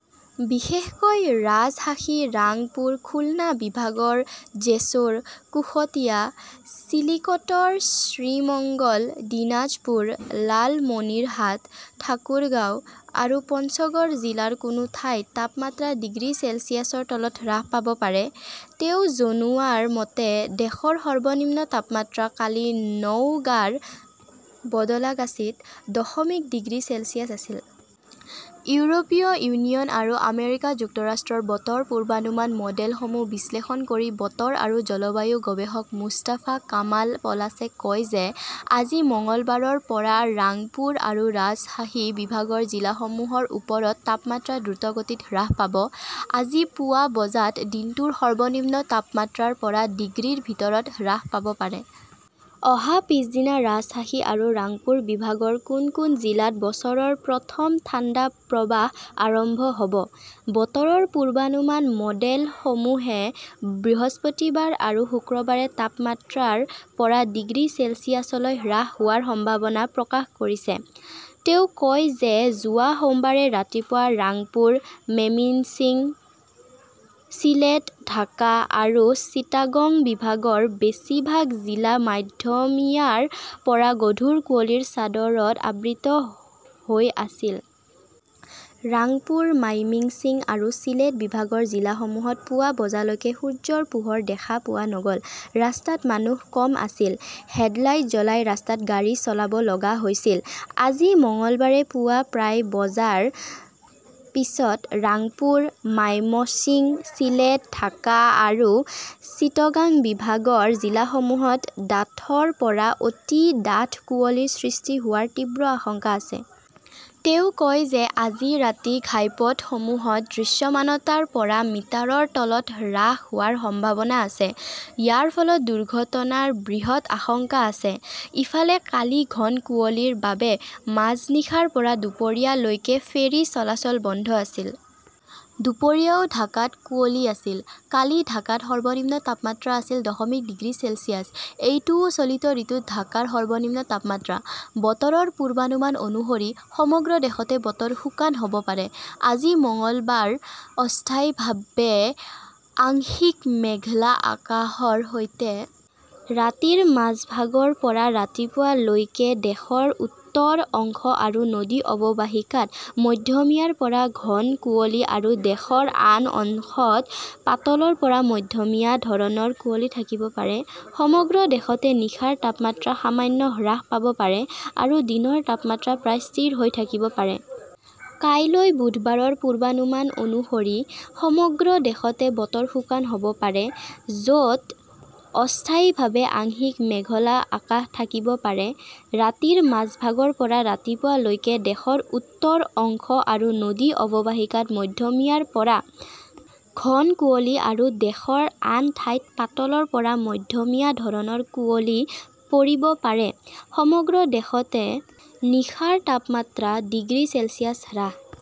বিশেষকৈ ৰাজশ্বাহী, ৰাংপুৰ, খুলনা বিভাগৰ জেছোৰ, কুশটিয়া, চিলিকটৰ শ্ৰিমঙ্গল, দিনাজপুৰ, লালমনিৰহাট, ঠাকুৰগাঁও আৰু পঞ্চগড় জিলাৰ কোনো ঠাইত তাপমাত্ৰা ডিগ্ৰী চেলছিয়াছৰ তলত হ্ৰাস পাব পাৰে। তেওঁ জনোৱা মতে, দেশৰ সৰ্বনিম্ন তাপমাত্ৰা কালি নওগাঁৰ বদলাগাচীত দশমিক ডিগ্ৰী চেলছিয়াছ আছিল। ইউৰোপীয় ইউনিয়ন আৰু আমেৰিকা যুক্তৰাষ্ট্ৰৰ বতৰ পূৰ্বানুমান মডেলসমূহ বিশ্লেষণ কৰি বতৰ আৰু জলবায়ু গৱেষক মুস্তাফা কামাল পলাছে কয় যে আজি মঙলবাৰৰ পৰা ৰাংপুৰ আৰু ৰাজশ্বাহী বিভাগৰ জিলাসমূহৰ ওপৰত তাপমাত্ৰা দ্ৰুতগতিত হ্ৰাস পাব। আজি পুৱা বজাত দিনটোৰ সৰ্বনিম্ন তাপমাত্ৰা ৰ পৰা ডিগ্ৰীৰ ভিতৰত হ্ৰাস পাব পাৰে। অহা পিছদিনা ৰাজশ্বাহী আৰু ৰাংপুৰ বিভাগৰ কোন কোন জিলাত বছৰৰ প্ৰথম ঠাণ্ডা প্ৰৱাহ আৰম্ভ হ 'ব। বতৰৰ পূৰ্বানুমান মডেলসমূহে বৃহস্পতিবাৰ আৰু শুক্ৰবাৰে তাপমাত্ৰা ৰ পৰা ডিগ্ৰী চেলছিয়াছলৈ হ্ৰাস হোৱাৰ সম্ভাৱনা প্ৰকাশ কৰিছে। তেওঁ কয় যে যোৱা সোমবাৰে ৰাতিপুৱা ৰাংপুৰ, মেমিন্সিং, চিলেট, ঢাকা আৰু চিটাগং বিভাগৰ বেছিভাগ জিলা মধ্যমীয়াৰ পৰা গধুৰ কুঁৱলীৰ চাদৰত আবৃত হৈ আছিল। ৰাংপুৰ, মাইমিংছিং আৰু চিলেট বিভাগৰ জিলাসমূহত পুৱা বজালৈকে সূৰ্যৰ পোহৰ দেখা পোৱা নগ "ল। ৰাস্তাত মানুহ কম আছিল। হেডলাইট জ্বলাই ৰাস্তাত গাড়ী চলাব লগা হৈছিল। আজি মঙলবাৰে পুৱা প্ৰায় বজাৰ ভিতৰত ৰাংপুৰ, মাইমশ্বিং, চিলেট, ঢাকা আৰু চিটাগং বিভাগৰ জিলাসমূহত ডাঠৰ পৰা অতি ডাঠ কুঁৱলীৰ সৃষ্টি হোৱাৰ তীব্ৰ আশংকা আছে। তেওঁ কয় যে আজি ৰাতি ঘাইপথসমূহত দৃশ্যমানতা ৰ পৰা মিটাৰৰ তলত হ্ৰাস হোৱাৰ সম্ভাৱনা আছে। ইয়াৰ ফলত দুৰ্ঘটনাৰ বৃহৎ আশংকা আছে। ইফালে, কালি ঘন কুঁৱলীৰ বাবে মাজনিশাৰ পৰা দুপৰীয়া লৈকে ফেৰী চলাচল বন্ধ আছিল। দুপৰীয়াও ঢাকাত কুঁৱলী আছিল। কালি ঢাকাত সৰ্বনিম্ন তাপমাত্ৰা আছিল দশমিক ডিগ্ৰী চেলছিয়াছ। এইটোও চলিত ঋতুত ঢাকাৰ সৰ্বনিম্ন তাপমাত্ৰা। বতৰৰ পূৰ্বানুমান অনুসৰি, সমগ্ৰ দেশতে বতৰ শুকান হ 'ব পাৰে, আজি মঙলবাৰে অস্থায়ীভাৱে আংশিক মেঘলা আকাশৰ সৈতে। ৰাতিৰ মাজভাগৰ পৰা ৰাতিপুৱা লৈকে দেশৰ উত্তৰ অংশ আৰু নদী অৱবাহিকাত মধ্যমীয়াৰ পৰা ঘন কুঁৱলী আৰু দেশৰ আন অংশত পাতলৰ পৰা মধ্যমীয়া ধৰণৰ কুঁৱলী থাকিব পাৰে। সমগ্ৰ দেশতে নিশাৰ তাপমাত্ৰা সামান্য হ্ৰাস হ "ব পাৰে আৰু দিনৰ তাপমাত্ৰা প্ৰায় স্থিৰ হৈ থাকিব পাৰে। কাইলৈ বুধবাৰৰ পূৰ্বানুমান অনুসৰি সমগ্ৰ দেশতে বতৰ শুকান হ "ব পাৰে, য" ত অস্থায়ীভাৱে আংশিক মেঘলা আকাশ থাকিব পাৰে। ৰাতিৰ মাজভাগৰ পৰা ৰাতিপুৱা লৈকে দেশৰ উত্তৰ অংশ আৰু নদী অৱবাহিকাত মধ্যমীয়াৰ পৰা ঘন কুঁৱলী আৰু দেশৰ আন ঠাইত পাতলৰ পৰা মধ্যমীয়া ধৰণৰ কুঁৱলী পৰিব পাৰে। সমগ্ৰ দেশতে নিশাৰ তাপমাত্ৰা ডিগ্ৰী চেলছিয়াছ হ্ৰাস